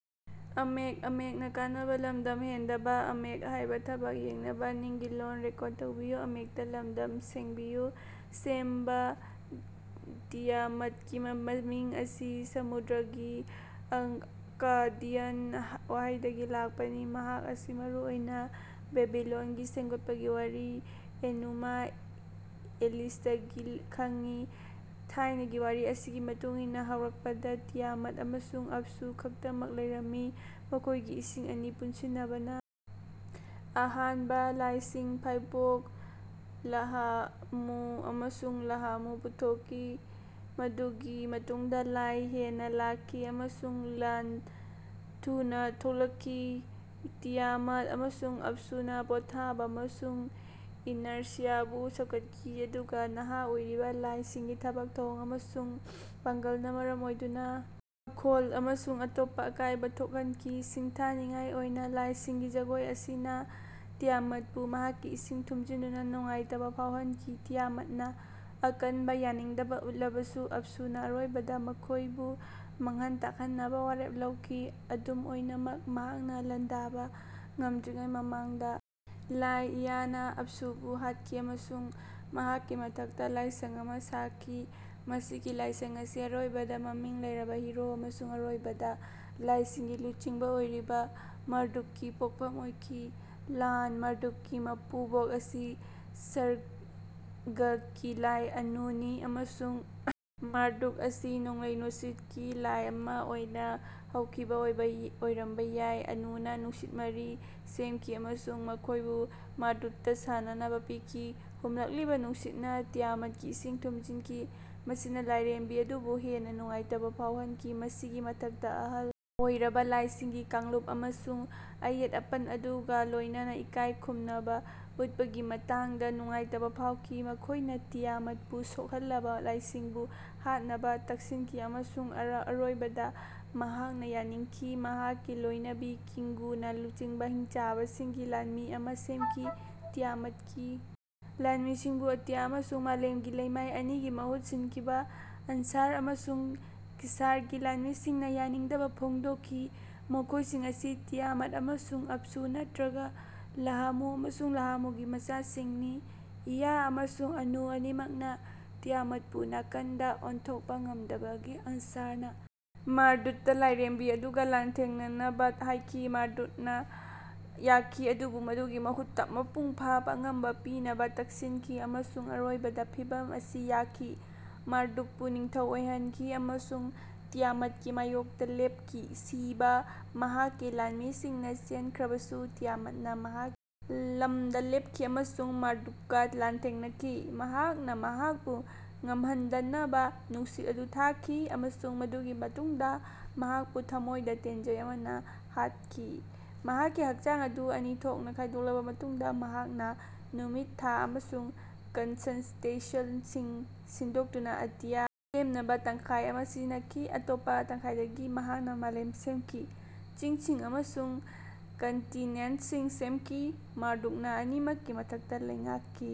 ꯁꯦꯝꯕ ꯇꯤꯌꯥꯃꯠꯀꯤ ꯃꯃꯤꯡ ꯑꯁꯤ ꯁꯃꯨꯗ꯭ꯔꯒꯤ ꯑꯛꯀꯥꯗꯤꯌꯟ ꯋꯥꯍꯩꯗꯒꯤ ꯂꯥꯛꯄꯅꯤ꯫ ꯃꯍꯥꯛ ꯑꯁꯤ ꯃꯔꯨ ꯑꯣꯏꯅ ꯕꯦꯕꯤꯂꯣꯟꯒꯤ ꯁꯦꯝꯒꯠꯄꯒꯤ ꯋꯥꯔꯤ ꯑꯦꯅꯨꯃꯥ ꯏꯂꯤꯁꯇꯒꯤ ꯈꯪꯅꯩ꯫ ꯊꯥꯏꯅꯒꯤ ꯋꯥꯔꯤ ꯑꯁꯤꯒꯤ ꯃꯇꯨꯡ ꯏꯟꯅ ꯍꯧꯔꯛꯄꯗ ꯇꯤꯌꯥꯃꯠ ꯑꯃꯁꯨꯡ ꯑꯞꯁꯨ ꯈꯛꯇꯃꯛ ꯂꯩꯔꯝꯃꯤ ꯃꯈꯣꯏꯒꯤ ꯏꯁꯤꯡ ꯑꯅꯤ ꯄꯨꯟꯁꯤꯟꯅꯕꯅ ꯑꯍꯥꯟꯕ ꯂꯥꯏꯁꯤꯡ ꯐꯥꯏꯕꯣꯛ ꯂꯥꯍꯃꯨ ꯑꯃꯁꯨꯡ ꯂꯥꯍꯥꯃꯨ ꯄꯨꯊꯣꯛꯈꯤ꯫ ꯃꯗꯨꯒꯤ ꯃꯇꯨꯡꯗ ꯂꯥꯏ ꯍꯦꯟꯅ ꯂꯥꯛꯈꯤ ꯑꯃꯁꯨꯡ ꯂꯥꯟ ꯊꯨꯅ ꯊꯣꯛꯂꯛꯈꯤ꯫ ꯇꯤꯌꯥꯃꯠ ꯑꯃꯁꯨꯡ ꯑꯞꯁꯨꯅ ꯄꯣꯊꯥꯕ ꯑꯃꯁꯨꯡ ꯏꯅꯔꯁꯤꯌꯥꯕꯨ ꯁꯧꯒꯠꯈꯤ ꯑꯗꯨꯒ ꯅꯍꯥ ꯑꯣꯏꯔꯤꯕ ꯂꯥꯏꯁꯤꯡꯒꯤ ꯊꯕꯛ ꯊꯧꯑꯣꯡ ꯑꯃꯁꯨꯡ ꯄꯥꯡꯒꯜꯅ ꯃꯔꯝ ꯑꯣꯏꯗꯨꯅ ꯃꯈꯣꯜ ꯑꯃꯁꯨꯡ ꯑꯇꯣꯞꯄ ꯑꯀꯥꯏꯕ ꯊꯣꯛꯍꯟꯈꯤ꯫ ꯁꯤꯡꯊꯥꯅꯤꯡꯉꯥꯏ ꯑꯣꯏꯅ ꯂꯥꯏꯁꯤꯡꯒꯤ ꯖꯒꯣꯏ ꯑꯁꯤꯅ ꯇꯤꯌꯥꯃꯠꯄꯨ ꯃꯍꯥꯛꯀꯤ ꯏꯁꯤꯡ ꯊꯨꯝꯖꯤꯟꯗꯨꯅ ꯅꯨꯡꯉꯥꯏꯇꯕ ꯐꯥꯎꯍꯟꯈꯤ꯫ ꯇꯤꯌꯥꯃꯠꯅ ꯑꯀꯟꯕ ꯌꯥꯅꯤꯡꯗꯕ ꯎꯠꯂꯕꯁꯨ ꯑꯞꯁꯨꯅ ꯑꯔꯣꯏꯕꯗ ꯃꯈꯣꯏꯕꯨ ꯃꯥꯡꯍꯟ ꯇꯥꯛꯍꯟꯅꯕ ꯋꯥꯔꯦꯞ ꯂꯧꯈꯤ꯫ ꯑꯗꯨꯝ ꯑꯣꯏꯅꯃꯛ ꯃꯍꯥꯛꯅ ꯂꯥꯟꯗꯥꯕ ꯉꯝꯗ꯭ꯔꯤꯉꯩ ꯃꯃꯥꯡꯗ ꯂꯥꯏ ꯏꯌꯥꯅ ꯑꯞꯁꯨꯕꯨ ꯍꯥꯠꯈꯤ ꯑꯃꯁꯨꯡ ꯃꯍꯥꯛꯀꯤ ꯃꯊꯛꯇ ꯂꯥꯏꯁꯪ ꯑꯃ ꯁꯥꯈꯤ꯫ ꯃꯁꯤꯒꯤ ꯂꯥꯏꯁꯪ ꯑꯁꯤ ꯑꯔꯣꯏꯕꯗ ꯃꯃꯤꯡ ꯂꯩꯔꯕ ꯍꯤꯔꯣ ꯑꯃꯁꯨꯡ ꯑꯔꯣꯏꯕꯗ ꯂꯥꯏꯁꯤꯡꯒꯤ ꯂꯨꯆꯤꯡꯕ ꯑꯣꯏꯔꯤꯕ ꯃꯥꯔꯗꯨꯛꯀꯤ ꯄꯣꯛꯐꯝ ꯑꯣꯏꯈꯤ꯫ ꯂꯥꯟ ꯃꯥꯔꯗꯨꯛꯀꯤ ꯃꯄꯨꯕꯣꯛ ꯑꯁꯤ ꯁꯔꯒꯀꯤ ꯂꯥꯏ ꯑꯅꯨꯅꯤ ꯑꯃꯁꯨꯡ ꯃꯥꯔꯗꯨꯛ ꯑꯁꯤ ꯅꯣꯡꯂꯩ ꯅꯨꯡꯁꯤꯠꯀꯤ ꯂꯥꯏ ꯑꯃ ꯑꯣꯏꯅ ꯍꯧꯈꯤꯕ ꯑꯣꯏꯔꯝꯕ ꯌꯥꯏ꯫ ꯑꯅꯨꯅ ꯅꯨꯡꯁꯤꯠ ꯃꯔꯤ ꯁꯦꯝꯈꯤ ꯑꯃꯁꯨꯡ ꯃꯈꯣꯏꯕꯨ ꯃꯥꯔꯗꯨꯛꯇ ꯁꯥꯟꯅꯅꯕ ꯄꯤꯈꯤ꯫ ꯍꯨꯝꯂꯛꯂꯤꯕ ꯅꯨꯡꯁꯤꯠꯅ ꯇꯤꯌꯥꯃꯠꯀꯤ ꯏꯁꯤꯡ ꯊꯨꯝꯖꯤꯟꯈꯤ ꯃꯁꯤꯅ ꯂꯥꯏꯔꯦꯝꯕꯤ ꯑꯗꯨꯕꯨ ꯍꯦꯟꯅ ꯅꯨꯡꯉꯥꯏꯇꯕ ꯐꯥꯎꯍꯟꯈꯤ꯫ ꯃꯁꯤꯒꯤ ꯃꯊꯛꯇ ꯑꯍꯜ ꯑꯣꯏꯔꯕ ꯂꯥꯏꯁꯤꯡꯒꯤ ꯀꯥꯡꯂꯨꯞ ꯑꯃꯁꯨ ꯑꯌꯦꯠ ꯑꯄꯟ ꯑꯗꯨꯒ ꯂꯣꯏꯅꯅ ꯏꯀꯥꯏ ꯈꯨꯝꯅꯕ ꯎꯠꯄꯒꯤ ꯃꯇꯥꯡꯗ ꯅꯨꯡꯉꯥꯏꯇꯕ ꯐꯥꯎꯈꯤ꯫ ꯃꯈꯣꯏꯅ ꯇꯤꯌꯥꯃꯠꯄꯨ ꯁꯣꯛꯍꯜꯂꯕ ꯂꯥꯏꯁꯤꯡꯕꯨ ꯍꯥꯠꯅꯕ ꯇꯛꯁꯤꯟꯈꯤ ꯑꯃꯁꯨꯡ ꯑꯔꯣꯏꯕꯗ ꯃꯍꯥꯛꯅ ꯌꯥꯅꯤꯡꯈꯤ ꯃꯍꯥꯛꯀꯤ ꯂꯣꯏꯅꯕꯤ ꯀꯤꯡꯒꯨꯅ ꯂꯨꯆꯤꯡꯕ ꯍꯤꯡꯆꯥꯕꯁꯤꯡꯒꯤ ꯂꯥꯟꯃꯤ ꯑꯃ ꯁꯦꯝꯈꯤ꯫ ꯇꯤꯌꯥꯃꯠꯀꯤ ꯂꯥꯟꯃꯤꯁꯤꯡꯕꯨ ꯑꯇꯤꯌꯥ ꯑꯃꯁꯨꯡ ꯃꯥꯂꯦꯝꯒꯤ ꯂꯩꯃꯥꯏ ꯑꯅꯤꯒꯤ ꯃꯍꯨꯠ ꯁꯤꯟꯈꯤꯕ ꯑꯟꯁꯥꯔ ꯑꯃꯁꯨꯡ ꯀꯤꯁꯥꯔꯒꯤ ꯂꯥꯟꯃꯤꯁꯤꯡꯅ ꯌꯥꯅꯤꯡꯗꯕ ꯐꯣꯡꯗꯣꯛꯈꯤ꯫ ꯃꯈꯣꯏꯁꯤꯡ ꯑꯁꯤ ꯇꯤꯌꯥꯃꯠ ꯑꯃꯁꯨꯡ ꯑꯞꯁꯨ ꯅꯠꯇ꯭ꯔꯒ ꯂꯥꯍꯃꯨ ꯑꯃꯁꯨꯡ ꯂꯥꯍꯥꯃꯨꯒꯤ ꯃꯆꯥꯁꯤꯡꯅꯤ꯫ ꯏꯌꯥ ꯑꯃꯁꯨꯡ ꯑꯅꯨ ꯑꯅꯤꯃꯛꯅ ꯇꯤꯌꯥꯃꯠꯄꯨ ꯅꯥꯀꯟꯗ ꯑꯣꯟꯊꯣꯛꯄ ꯉꯝꯗꯕꯗꯒꯤ ꯑꯟꯁꯥꯔꯅ ꯃꯥꯔꯗꯨꯛꯇ ꯂꯥꯏꯔꯦꯝꯕꯤ ꯑꯗꯨꯒ ꯂꯥꯟꯊꯦꯡꯅꯅꯕ ꯍꯥꯏꯈꯤ꯫ ꯃꯥꯔꯗꯨꯛꯅ ꯌꯥꯈꯤ ꯑꯗꯨꯕꯨ ꯃꯗꯨꯒꯤ ꯃꯍꯨꯠꯇ ꯃꯄꯨꯡ ꯐꯥꯕ ꯑꯉꯝꯕ ꯄꯤꯅꯕ ꯇꯛꯁꯤꯟꯈꯤ ꯑꯃꯁꯨꯡ ꯑꯔꯣꯏꯕꯗ ꯐꯤꯚꯝ ꯑꯁꯤ ꯌꯥꯈꯤ꯫ ꯃꯥꯔꯗꯨꯛꯄꯨ ꯅꯤꯡꯊꯧ ꯑꯣꯏꯍꯟꯈꯤ ꯑꯃꯁꯨꯡ ꯇꯤꯌꯥꯃꯠꯀꯤ ꯃꯥꯌꯣꯛꯇ ꯂꯦꯞꯈꯤ꯫ ꯁꯤꯕ ꯃꯍꯥꯛꯀꯤ ꯂꯥꯟꯃꯤꯁꯤꯡꯅ ꯆꯦꯟꯈ꯭ꯔꯕꯁꯨ ꯇꯤꯌꯥꯃꯠꯅ ꯃꯍꯥꯛꯀꯤ ꯂꯝꯗ ꯂꯦꯞꯈꯤ ꯑꯃꯁꯨꯡ ꯃꯥꯔꯗꯨꯛꯀ ꯂꯥꯟꯊꯦꯡꯅꯈꯤ꯫ ꯃꯍꯥꯛꯅ ꯃꯍꯥꯛꯄꯨ ꯉꯝꯍꯟꯗꯅꯕ ꯅꯨꯡꯁꯤꯠ ꯑꯗꯨ ꯊꯥꯈꯤ ꯑꯃꯁꯨꯡ ꯃꯗꯨꯒꯤ ꯃꯇꯨꯡꯗ ꯃꯍꯥꯛꯄꯨ ꯊꯃꯣꯏꯗ ꯇꯦꯟꯖꯩ ꯑꯃꯅ ꯍꯥꯠꯈꯤ꯫ ꯃꯍꯥꯛꯀꯤ ꯍꯛꯆꯥꯡ ꯑꯗꯨ ꯑꯅꯤ ꯊꯣꯛꯅ ꯈꯥꯏꯗꯣꯛꯂꯕ ꯃꯇꯨꯡꯗ ꯃꯍꯥꯛꯅ ꯅꯨꯃꯤꯠ ꯊꯥ ꯑꯃꯁꯨꯡ ꯀꯟꯁꯇꯦꯂꯦꯁꯟꯁꯤꯡ ꯁꯤꯟꯗꯣꯛꯇꯨꯅ ꯑꯇꯤꯌꯥ ꯁꯦꯝꯅꯕ ꯇꯪꯈꯥꯏ ꯑꯃ ꯁꯤꯖꯤꯟꯅꯈꯤ꯫ ꯑꯇꯣꯞꯄ ꯇꯪꯈꯥꯏꯗꯒꯤ ꯃꯍꯥꯛꯅ ꯃꯥꯂꯦꯝ ꯁꯦꯝꯈꯤ ꯆꯤꯡꯁꯤꯡ ꯑꯃꯁꯨꯡ ꯀꯟꯇꯤꯅꯦꯟꯠꯁꯤꯡ ꯁꯦꯝꯈꯤ꯫ ꯃꯥꯔꯗꯨꯛꯅ ꯑꯅꯤꯃꯛꯀꯤ ꯃꯊꯛꯇ ꯂꯩꯉꯥꯛꯈꯤ꯫